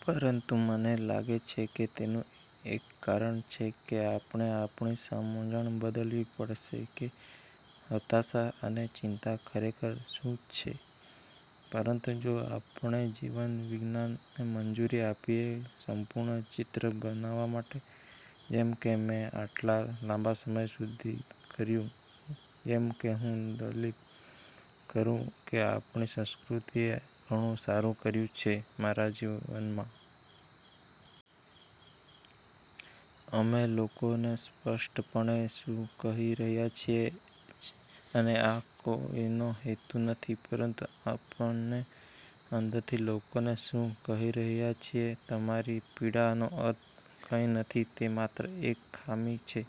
પરંતુ મને લાગે છે કે તેનું એક કારણ છે કે આપણે આપણી સમજણ બદલવી પડશે કે હતાશા અને ચિંતા ખરેખર શું છે. પરંતુ જો આપણે જીવ વિજ્ઞાનને મંજૂરી આપીએ સંપૂર્ણ ચિત્ર બનવા માટે, જેમ કે મેં આટલા લાંબા સમય સુધી કર્યું, જેમ કે હું દલીલ કરું કે આપણી સંસ્કૃતિએ ઘણું સારું કર્યું છે મારા જીવનમાં. અમે લોકોને સ્પષ્ટપણે શું કહી રહ્યા છીએ છે અને આ કોઈનો હેતુ નથી, પરંતુ આપને અંદરથી લોકોને શું કહી રહ્યા છીએ, "તમારી પીડા નો અર્થ કંઈ નથી. તે માત્ર એક ખામી છે.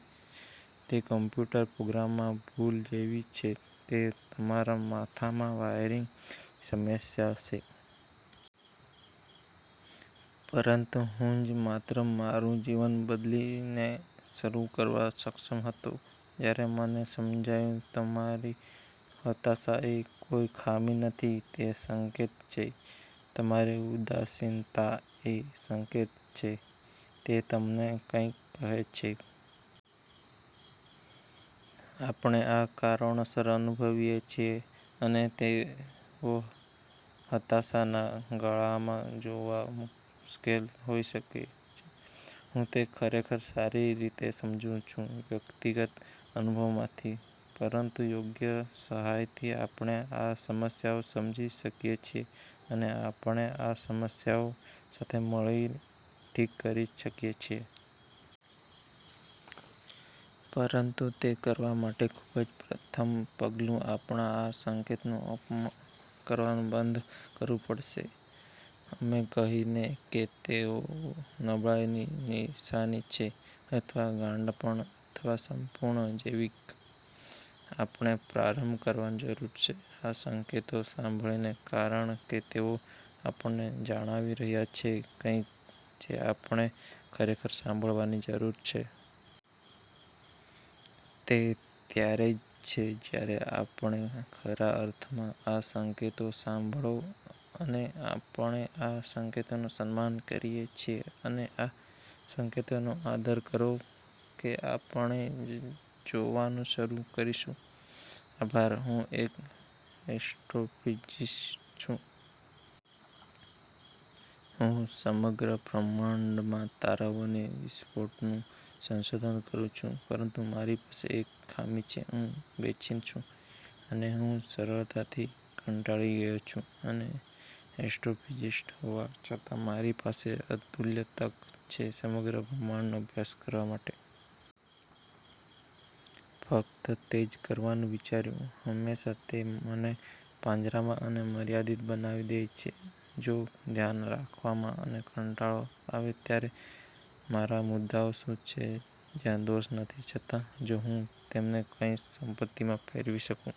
તે કમ્પ્યુટર પ્રોગ્રામમાં ભૂલ જેવી છે, તે તમારા માથામાં વાયરિંગની સમસ્યા છે." પરંતુ હું જ માત્ર મારું જીવન બદલીને શરૂ કરવા સક્ષમ હતો જ્યારે મને સમજાયું તમારી હતાશા એ કોઈ ખામી નથી. તે સંકેત છે. તમારી ઉદાસીનતા એ સંકેત છે. તે તમને કંઈક કહે છે. આપણે આ કારણોસર અનુભવીએ છીએ, અને તેઓ હતાશાના ગળામાં જોવા મુશ્કેલ હોઈ શકે છે. હું તે ખરેખર સારી રીતે સમજું છું વ્યક્તિગત અનુભવ માંથી. પરંતુ યોગ્ય સહાયથી આપણે આ સમસ્યાઓ સમજી શકીએ છીએ અને આપણે આ સમસ્યાઓ સાથે મળીને ઠીક કરી શકીએ છીએ. પરંતુ તે કરવા માટે ખૂબ જ પ્રથમ પગલું આપણે આ સંકેતોનું અપમાન કરવાનું બંધ કરવું પડશે એમ કહીને કે તેઓ નબળાઇની નિશાની છે અથવા ગાંડપણ અથવા સંપૂર્ણ જૈવિક. આપણે પ્રારંભ કરવાની જરૂર છે આ સંકેતો સાંભળીને કારણ કે તેઓ આપણને જણાવી રહ્યાં છે કંઈક જે આપણે ખરેખર સાંભળવાની જરૂર છે. તે ત્યારે જ છે જ્યારે આપણે ખરા અર્થમાં આ સંકેતો સાંભળો, અને આપણે આ સંકેતોનું સન્માન કરીએ છીએ અને આ સંકેતોનો આદર કરો, કે આપણે જોવાનું શરૂ કરીશું. આભાર. હું એક એસ્ટ્રોફિઝિસ્ટ છું. હું સમગ્ર બ્રહ્માંડમાં તારાઓની વિસ્ફોટોનું સંશોધન કરું છું. પરંતુ મારી પાસે એક ખામી છે. હું બેચેન છું, અને હું સરળતાથી કંટાળી ગયો છું. અને એસ્ટ્રોફિઝિસ્ટ હોવા છતાં મારી પાસે અતુલ્ય તક છે સમગ્ર બ્રહ્માંડનો અભ્યાસ કરવા માટે. ફક્ત તે જ કરવાનું વિચાર્યું. હંમેશાં તે મને પાંજરામાં અને મર્યાદિત બનાવી દે છે. જો ધ્યાન રાખવામાં અને કંટાળો આવે ત્યારે મારા મુદ્દાઓ શું છે જ્યાં દોષ નથી, છતાં? જો હું તેમને કોઈ સંપત્તિમાં ફેરવી શકું?